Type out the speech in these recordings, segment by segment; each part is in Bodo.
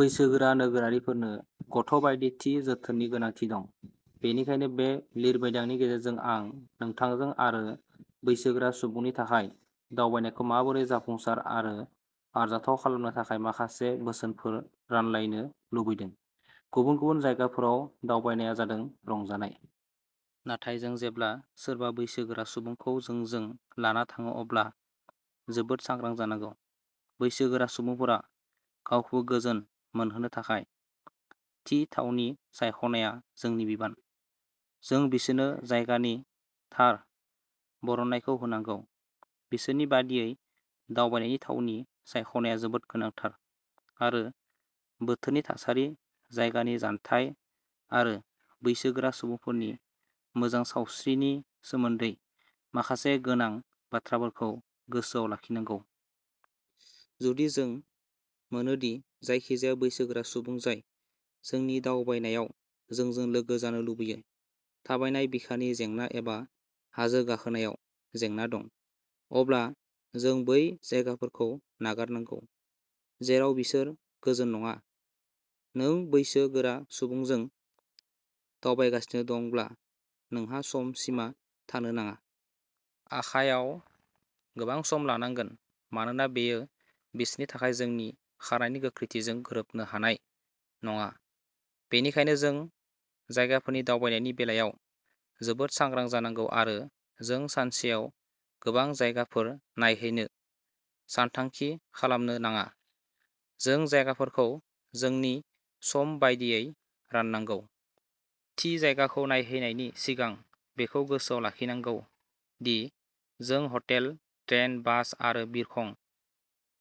बैसोगोरा नोगोरारिफोरनो गथ'बायदि थि जोथोननि गोनांथि दं। बेनिखायनो बे लिरबिदांनि गेजेरजों आं नोंथांजों आरो बैसोगोरा सुबुंनि थाखाय दावबायनायखौ माबोरै जाफुंसार आरो आरजाथाव खालामनो थाखाय माखासे बोसोनफोर रानलायनो लुबैदों। गुबुन गुबुन जायगाफोराव दावबायनाया जादों रंजानाय। नाथाय जों जेब्ला सोरबा बैसो गोरा सुबुंखौ जोंजों लाना थाङो अब्ला जोबोद सांग्रां जानांगौ। बैसो गोरा सुबुंफोरा गावखौ गोजोन मोनहोनो थाखाय थि थावनि सायख'नाया जोंनि बिबान। जों बिसोरनो जायगानि थार बरनायनायखौ होनांगौ। बिसोरनि बादियै दावबायनायनि थावनि सायख'नाया जोबोद गोनांथार आरो बोथोरनि थासारि, जायगानि जानथाय आरो बैसो गोरा सुबुंफोरनि मोजां सावस्रिनि सोमोन्दै माखासे गोनां बाथ्राफोरखौ गोसोआव लाखिनांगौ। जुदि जों मोनोदि जायखिजाया बैसो गोरा सुबुं जाय जोंनि दावबायनायाव जोंजों लोगो जानो लुबैयो, थाबायनाय, बिखानि जेंना एबा हाजो गाखोनायाव जेंना दं, अब्ला जों बै जायगाफोरखौ नागारनांगौ जेराव बिसोर गोजोन नङा। नों बैसो गोरा सुबुंजों दावबायगासिनो दंब्ला नोंहा सम सिमा थानो नाङा। आखायाव गोबां सम लानांगोन मानोना बेयो बिसोरनि थाखाय जोंनि खारनायनि गोख्रैथिजों गोरोबनो हानाय नङा। बेनिखायनो जों जायगाफोरनि दावबायनायनि बेलायाव जोबोद सांग्रा जानांगौ आरो जों सानसेआव गोबां जायगाफोर नायहैनो सानथांखि खालामनो नाङा। जों जायगाफोरखौ जोंनि सम बायदियै राननांगौ। थि जायगाखौ नायहैनायनि सिगां बेखौ गोसोआव लाखिनांगौ दि जों हटेल, ट्रेन, बास आरो बिरखं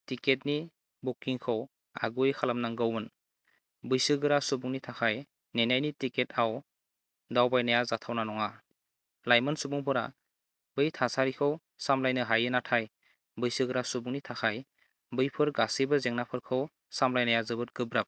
टिकेटनि बुकिंखौ आगुयै खालामनांगौमोन। बैसोगोरा सुबुंनि थाखाय नेनायनि टिकेटआव दावबायनाया जाथावना नङा। लाइमोन सुबुंफोरा बै थासारिखौ सामलायनो हायो नाथाय बैसोगोरा सुबुंनि थाखाय बैफोर गासैबो जेंनाफोरखौ सामलायनाया जोबोद गोब्राब।